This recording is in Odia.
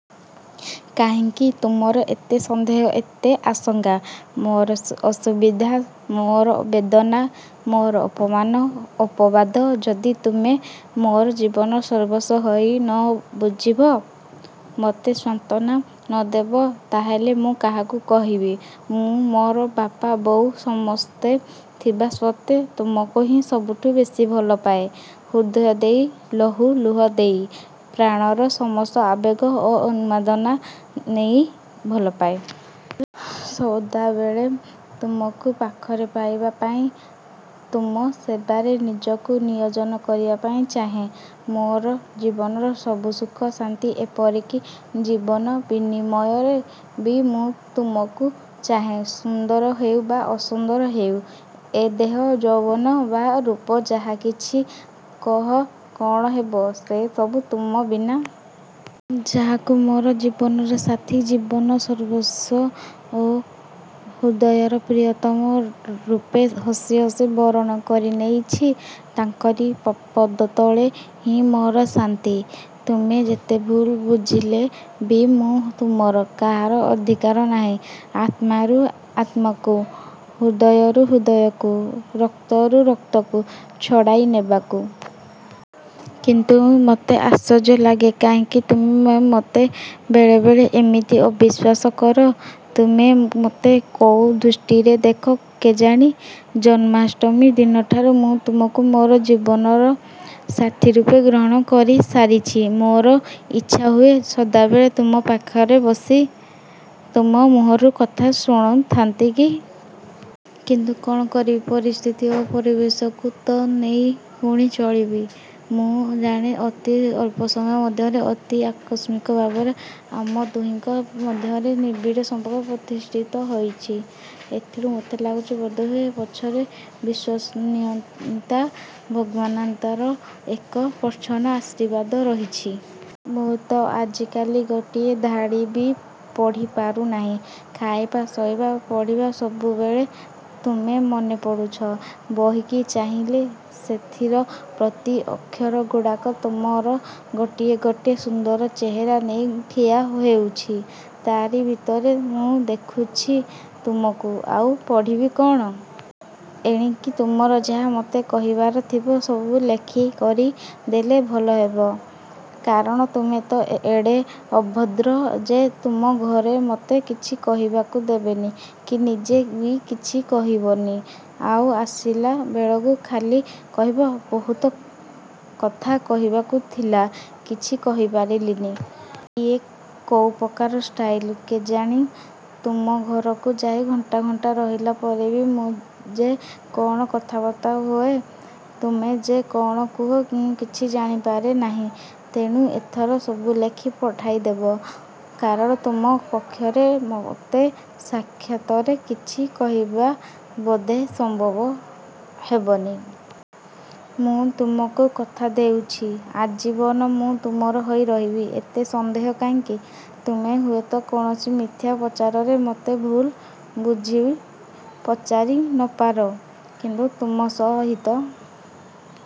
କାହିଁକି ତୁମର ଏତେ ସନ୍ଦେହ ଏତେ ଆଶଙ୍କା? ମୋର ଅସୁବିଧା, ମୋର ବେଦନା, ମୋର ଅପମାନ ଅପବାଦ ଯଦି ତୁମେ ମୋର ଜୀବନ ସର୍ବସ୍ୱ ହୋଇ ନ ବୁଝିବ, ମୋତେ ସାନ୍ତ୍ୱନା ନ ଦେବ; ତା'ହେଲେ ମୁଁ କାହାକୁ କହିବି? ମୁଁ ମୋର ବାପା ବୋଉ ସମସ୍ତେ ଥିବାସତ୍ତ୍ୱେ ତୁମକୁହିଁ ସବୁଠୁଁ ବେଶୀ ଭଲପାଏ; ହୃଦୟ ଦେଇ ଲହୁ ଲୁହ ଦେଇ, ପ୍ରାଣର ସମସ୍ତ ଆବେଗ ଓ ଉନ୍ମାଦନା ନେଇ ଭଲପାଏ। ସଦାବେଳେ ତୁମକୁ ପାଖରେ ପାଇବା ପାଇଁ; ତୁମ ସେବାରେ ନୀଜକୁ ନିୟୋଜନ କରିବା ପାଇଁ ଚାହେଁ। ମୋର ଜୀବନର ସବୁ ସୁଖ, ଶାନ୍ତି ଏପରି କି ଜୀବନ ବିନିମୟରେ ବି ମୁଁ ତୁମକୁ ଚାହେଁ। ସୁନ୍ଦର ହେଉ ବା ଅସୁନ୍ଦର ହେଉ ଏ ଦେହ, ଯୌବନ ବା ରୂପ ଯାହା କିଛି କହ; କ'ଣ ହେବ ସେ ସବୁ ତୁମ ବିନା? ଯାହାଙ୍କୁ ମୋର ଜୀବନର ସାଥୀ, ଜୀବନ-ସର୍ବସ୍ୱ ଓ ହୃଦୟର ପ୍ରିୟତମ ରୂପେ ହସି ହସି ବରଣ କରିନେଇଛି ତାଙ୍କରି ପଦତଳେ ହିଁ ମୋର ଶାନ୍ତି। ତୁମେ ଯେତେ ଭୁଲ୍ ବୁଝିଲେ ବି ମୁଁ ତୁମର। କାହାର ଅଧିକାର ନାହିଁ ଆତ୍ମାରୁ ଆତ୍ମାକୁ, ହୃଦୟରୁ ହୃଦୟକୁ, ରକ୍ତରୁ ରକ୍ତକୁ ଛଡ଼ାଇ ନେବାକୁ। କିନ୍ତୁ ମୋତେ ଆଶ୍ଚର୍ଯ୍ୟ ଲାଗେ କାହିଁକି ତୁମେ ମୋତେ ବେଳେ ବେଳେ ଏମିତି ଅବିଶ୍ୱାସ କର। ତୁମେ ମୋତେ କୋଉ ଦୃଷ୍ଟିରେ ଦେଖ କେଜାଣି; ଜନ୍ମାଷ୍ଟମୀ ଦିନଠାରୁ ମୁଁ ତୁମକୁ ମୋର ଜୀବନର ସାଥୀ ରୂପେ ଗ୍ରହଣ କରି ସାରିଛି। ମୋର ଇଚ୍ଛାହୁଏ, ସଦାବେଳେ ତୁମ ପାଖରେ ବସି, ତୁମ ମୁହଁରୁ କଥା ଶୁଣୁଥାନ୍ତି କି? କିନ୍ତୁ କ'ଣ କରିବି-? ପରିସ୍ଥିତି ଓ ପରିବେଶକୁ ତ ନେଇ ପୁଣି ଚଳିବି। ମୁଁ ଜାଣେ ଅତି ଅଳ୍ପ ସମୟ ମଧ୍ୟରେ; ଅତି ଆକସ୍ମିକ ଭାବରେ ଆମ ଦୁହିଁଙ୍କ ମଧ୍ୟରେ ନିବିଡ଼ ସମ୍ପର୍କ ପ୍ରତିଷ୍ଠିତ ହୋଇଛି। ଏଥିରୁ ମୋତେ ଲାଗୁଛି ବୋଧେ ଏହା ପଛରେ ବିଶ୍ୱନିୟନ୍ତା ଭଗବାନ୍ଙ୍କର ଏକ ପ୍ରଚ୍ଛନ୍ନ ଆଶୀର୍ବାଦ ରହିଛି। ମୁଁ ତ ଆଜିକାଲି ଗୋଟିଏ ଧାଡ଼ି ବି ପଢ଼ିପାରୁନାହିଁ-। ଖାଇବା, ଶୋଇବା, ପଢ଼ିବା ସବୁବେଳେ ତୁମେ ମନେପଡ଼ୁଛ। ବହିକି ଚାହିଁଲେ ସେଥିର ପ୍ରତି ଅକ୍ଷରଗୁଡ଼ାକ ତୁମର ଗୋଟିଏ ଗୋଟିଏ ସୁନ୍ଦର ଚେହେରା ନେଇ ଠିଆ ହେଉଛି। ତାରି ଭିତରେ ମୁଁ ଦେଖୁଛି ତୁମକୁ। ଆଉ ପଢ଼ିବି କ'ଣ? ଏଣିକି ତୁମର ଯାହା ମୋତେ କହିବାର ଥିବ; ସବୁ ଲେଖି କରି ଦେଲେ ଭଲ ହେବ। କାରଣ ତୁମେ ତ ଏଡ଼େ ଅଭଦ୍ର ଯେ ତୁମ ଘରେ ମୋତେ କିଛି କହିବାକୁ ଦେବନି କି ନିଜେ ବି କିଛି କହିବନି। ଆଉ ଆସିଲା ବେଳକୁ ଖାଲି କହିବ-''ବହୁତ କଥା କହିବାକୁ ଥିଲା, କିଛି କହିପାରିଲିନି-। '' ଇଏ କୋଉ ପ୍ରକାର ଷ୍ଟାଇଲ୍ କେଜାଣି? ତୁମ ଘରକୁ ଯାଇ ଘଣ୍ଟା ଘଣ୍ଟା ରହିଲା ପରେ ବି ମୁଁ ଯେ କ'ଣ କଥାବାର୍ତ୍ତା ହୁଏ; ତୁମେ ଯେ କ'ଣ କୁହ ମୁଁ କିଛି ଜାଣିପାରେ ନାହିଁ। ତେଣୁ ଏଥର ସବୁ ଲେଖି ପଠାଇ ଦେବ; କାରଣ ତୁମ ପକ୍ଷରେ ମୋତେ ସାକ୍ଷାତରେ କିଛି କହିବା ବୋଧେ ସମ୍ଭବ ହେବନି। ମୁଁ ତୁମକୁ କଥା ଦେଉଛି ଆଜୀବନ ମୁଁ ତୁମର ହୋଇ ରହିବି। ଏତେ ସନ୍ଦେହ କାହିଁକି-? ତୁମେ ହୁଏତ କୌଣସି ମିଥ୍ୟା ପ୍ରଚାରରେ ମୋତେ ଭୁଲ୍ ବୁଝି ପଚାରି ନପାର; କିନ୍ତୁ ତୁମ ସହିତ